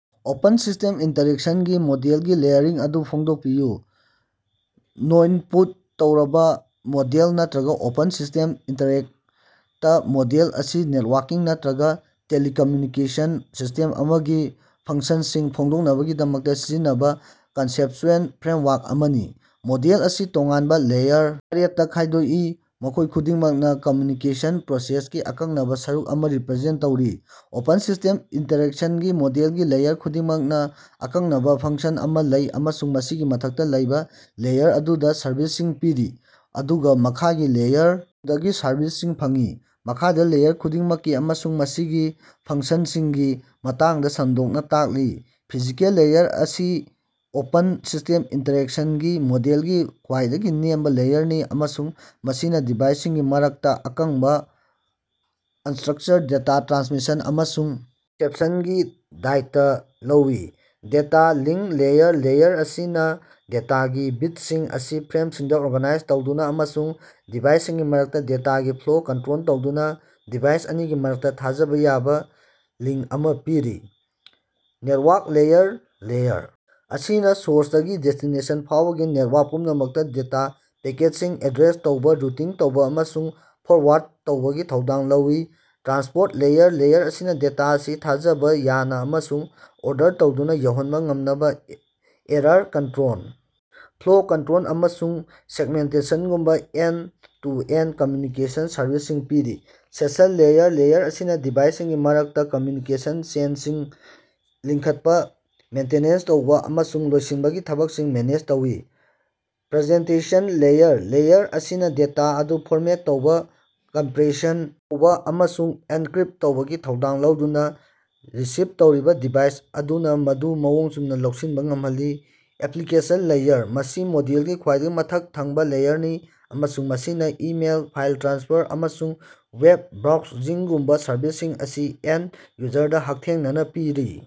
Open system interaction ꯒꯤ ꯃꯣꯗꯦꯜꯒꯤ ꯂꯦꯌꯔꯤꯡ ꯑꯗꯨ ꯐꯣꯡꯗꯣꯛꯄꯤꯌꯨ꯫ ꯅꯣꯏꯟꯄꯨꯠ ꯇꯧꯕ - ꯃꯣꯗꯦꯜ, ꯅꯠꯇꯔꯒ ꯑꯣꯄꯟ ꯁꯤꯁꯇꯦꯝꯁ ꯏꯟꯇꯔꯅꯦꯛꯇ ꯃꯣꯗꯦꯜ ꯑꯁꯤ ꯅꯦꯠꯋꯥꯔꯀꯤꯡ ꯅꯠꯇꯔꯒ ꯇꯦꯂꯤꯀꯝꯃ꯭ꯌꯨꯅꯤꯀꯦꯁꯟ ꯁꯤꯁꯇꯦꯝ ꯑꯃꯒꯤ ꯐꯪꯛꯁꯟꯁꯤꯡ ꯐꯣꯡꯗꯣꯛꯅꯕꯒꯤꯗꯃꯛꯇ ꯁꯤꯖꯤꯟꯅꯕ ꯀꯟꯁꯦꯞꯆꯨꯑꯦꯜ ꯐ꯭ꯔꯦꯝꯋꯥꯔꯛ ꯑꯃꯅꯤ꯫ ꯃꯣꯗꯦꯜ ꯑꯁꯤ ꯇꯣꯉꯥꯟꯕ ꯂꯦꯌꯔ ꯇꯔꯦꯠꯇꯥ ꯈꯥꯏꯗꯣꯛꯏ, ꯃꯈꯣꯏ ꯈꯨꯗꯤꯡꯃꯛꯅ ꯀꯝꯃ꯭ꯌꯨꯅꯤꯀꯦꯁꯟ ꯄ꯭ꯔꯣꯁꯦꯁꯀꯤ ꯑꯀꯛꯅꯕ ꯁꯔꯨꯛ ꯑꯃ ꯔꯤꯄꯔꯖꯦꯟꯇ ꯇꯧꯔꯤ꯫ ꯑꯣꯄꯟ ꯁꯤꯁꯇꯦꯝ ꯏꯟꯇꯔꯀꯅꯦꯛꯇꯁꯟ ꯒꯤ ꯃꯣꯗꯦꯜꯒꯤ ꯂꯦꯌꯔ ꯈꯨꯗꯤꯡꯃꯛꯅ ꯑꯀꯛꯅꯕ ꯐꯪꯛꯁꯟ ꯑꯃ‌ ꯂꯩ ꯑꯃꯁꯨꯡ ꯃꯁꯤꯒꯤ ꯃꯊꯛꯇ ꯂꯩꯕ ꯂꯦꯌꯔ ꯑꯗꯨꯗ ꯁꯔꯚꯤꯁꯁꯤꯡ ꯄꯤꯔꯤ, ꯑꯗꯨꯒ ꯃꯈꯥꯒꯤ ꯂꯦꯌꯔ ꯑꯗꯨꯗꯒꯤ ꯁꯔꯚꯤꯁꯁꯤꯡ ꯐꯪꯏ꯫ ꯃꯈꯥꯗ ꯂꯦꯌꯔ ꯈꯨꯗꯤꯡꯃꯛꯀꯤ ꯑꯃꯁꯨꯡ ꯃꯁꯤꯒꯤ ꯐꯪꯛꯁꯟꯁꯤꯡꯒꯤ ꯃꯇꯥꯡꯗ ꯁꯟꯗꯣꯛꯅ ꯇꯥꯛꯂꯤ꯫ ꯐꯤꯖꯤꯀꯦꯜ ꯂꯦꯌꯔ - ꯃꯁꯤ ꯑꯣꯄꯟ ꯁꯤꯁꯇꯦꯝ ꯏꯟꯇꯔꯀꯅꯦꯛꯇꯁꯟ ꯒꯤ ꯃꯣꯗꯦꯜꯒꯤ ꯈ꯭ꯋꯥꯏꯗꯒꯤ ꯅꯦꯝꯕ ꯂꯦꯌꯔꯅꯤ ꯑꯃꯁꯨꯡ ꯃꯁꯤꯅ ꯗꯤꯚꯥꯏꯁꯁꯤꯡꯒꯤ ꯃꯔꯛꯇ ꯑꯀꯪꯕ, ꯑꯟꯁ꯭ꯇꯔꯛꯆꯔ ꯗꯦꯇꯥ ꯇ꯭ꯔꯥꯟꯁꯃꯤꯁꯟ ꯑꯃꯁꯨꯡ ꯔꯤꯁꯦꯞꯁꯟꯒꯤ ꯗꯥꯏꯇ ꯂꯧꯏ꯫ ꯗꯦꯇꯥ ꯂꯤꯡꯀ ꯂꯦꯌꯔ - ꯂꯦꯌꯔ ꯑꯁꯤꯅ ꯗꯦꯇꯥꯒꯤ ꯕꯤꯠꯁꯤꯡ ꯑꯁꯤ ꯐ꯭ꯔꯦꯝꯁꯤꯡꯗ ꯑꯣꯔꯒꯅꯥꯏꯖ ꯇꯧꯗꯨꯅ ꯑꯃꯁꯨꯡ ꯗꯤꯚꯥꯏꯁꯁꯤꯡꯒꯤ ꯃꯔꯛꯇ ꯗꯦꯇꯥꯒꯤ ꯐ꯭ꯂꯣ ꯀꯟꯇ꯭ꯔꯣꯜ ꯇꯧꯗꯨꯅ ꯗꯤꯚꯥꯏꯁ ꯑꯅꯤꯒꯤ ꯃꯔꯛꯇ ꯊꯥꯖꯕ ꯌꯥꯕ ꯂꯤꯡ ꯑꯃ ꯄꯤꯔꯤ꯫ ꯅꯦꯠꯋꯥꯔꯛ ꯂꯦꯌꯔ -ꯂꯦꯌꯔ ꯑꯁꯤꯅ ꯁꯣꯔꯁꯇꯒꯤ ꯗꯦꯁꯇꯤꯅꯦꯁꯟ ꯐꯥꯎꯕꯒꯤ ꯅꯦꯠꯋꯥꯔꯛ ꯄꯨꯝꯅꯃꯛꯇ ꯗꯦꯇꯥ ꯄꯦꯀꯦꯠꯁꯤꯡ ꯑꯦꯗ꯭ꯔꯦꯁ ꯇꯧꯕ, ꯔꯨꯇꯤꯡ ꯇꯧꯕ ꯑꯃꯁꯨꯡ ꯐꯣꯔꯋꯥꯔꯗ ꯇꯧꯕꯒꯤ ꯊꯧꯗꯥꯡ ꯂꯧꯏ꯫ ꯇ꯭ꯔꯥꯟꯁꯄꯣꯔꯠ ꯂꯦꯌꯔ - ꯂꯦꯌꯔ ꯑꯁꯤꯅ ꯗꯦꯇꯥ ꯑꯁꯤ ꯊꯥꯖꯕ ꯌꯥꯅ ꯑꯃꯁꯨꯡ ꯑꯣꯔꯗꯔ ꯇꯧꯗꯨꯅ ꯌꯧꯍꯟꯕ ꯉꯝꯅꯕ ꯑꯦꯔꯥꯔ ꯀꯟꯇ꯭ꯔꯣꯜ, ꯐ꯭ꯂꯣ ꯀꯟꯇ꯭ꯔꯣꯜ, ꯑꯃꯁꯨꯡ ꯁꯦꯛꯃꯦꯟꯇꯦꯁꯟꯒꯨꯝꯕ ꯑꯦꯟꯗ-ꯇꯨ-ꯑꯦꯟꯗ ꯀꯝꯃ꯭ꯌꯨꯅꯤꯀꯦꯁꯟ ꯁꯔꯕꯤꯁꯁꯤꯡ ꯄꯤꯔꯤ꯫ ꯁꯦꯁꯟ ꯂꯦꯌꯔ -ꯂꯦꯌꯔ ꯑꯁꯤꯅ ꯗꯤꯚꯥꯏꯁꯁꯤꯡꯒꯤ ꯃꯔꯛꯇ ꯀꯝꯃ꯭ꯌꯨꯅꯤꯀꯦꯁꯟ ꯁꯦꯁ꯭ꯟꯁꯤꯡ ꯂꯤꯡꯈꯠꯄ, ꯃꯦꯟꯇꯤꯅꯦꯟꯁ ꯇꯧꯕ ꯑꯃꯁꯨꯡ ꯂꯣꯏꯁꯤꯟꯕꯒꯤ ꯊꯕꯛꯁꯤꯡ ꯃꯦꯅꯦꯖ ꯇꯧꯏ꯫ ꯄ꯭ꯔꯖꯦꯟꯇꯦꯁꯟ ꯂꯦꯌꯔ -ꯂꯦꯌꯔ ꯑꯁꯤꯅ ꯗꯦꯇꯥ ꯑꯗꯨ ꯐꯣꯔꯃꯦꯠ ꯇꯧꯕ, ꯀꯝꯄ꯭ꯔꯦꯁꯟ ꯇꯧꯕ ꯑꯃꯁꯨꯡ ꯑꯦꯟꯀ꯭ꯔꯤꯞꯇ ꯇꯧꯕꯒꯤ ꯊꯧꯗꯥꯡ ꯂꯧꯗꯨꯅ ꯔꯤꯁꯤꯚ ꯇꯧꯔꯤꯕ ꯗꯤꯚꯥꯏꯁ ꯑꯗꯨꯅ ꯃꯗꯨ ꯃꯑꯣꯡ ꯆꯨꯝꯅ ꯂꯧꯁꯤꯟꯕ ꯉꯝꯍꯜꯂꯤ꯫ ꯑꯦꯞꯄ꯭ꯂꯤꯀꯦꯁꯟ ꯂꯦꯌꯔ - ꯃꯁꯤ ꯃꯣꯗꯦꯜꯒꯤ ꯈ꯭ꯋꯥꯏꯗꯒꯤ ꯃꯊꯛ ꯊꯪꯕ ꯂꯦꯌꯔꯅꯤ, ꯑꯃꯁꯨꯡ ꯃꯁꯤꯅ ꯏꯃꯦꯏꯜ, ꯐꯥꯏꯜ ꯇ꯭ꯔꯥꯟꯁꯐꯔ, ꯑꯃꯁꯨꯡ ꯋꯦꯕ ꯕ꯭ꯔꯥꯎꯖꯤꯡꯒꯨꯝꯕ ꯁꯔꯚꯤꯁꯁꯤꯡ ꯑꯁꯤ ꯑꯦꯟꯗ ꯌꯨꯖꯔꯗ ꯍꯛꯊꯦꯡꯅꯅ ꯄꯤꯔꯤ꯫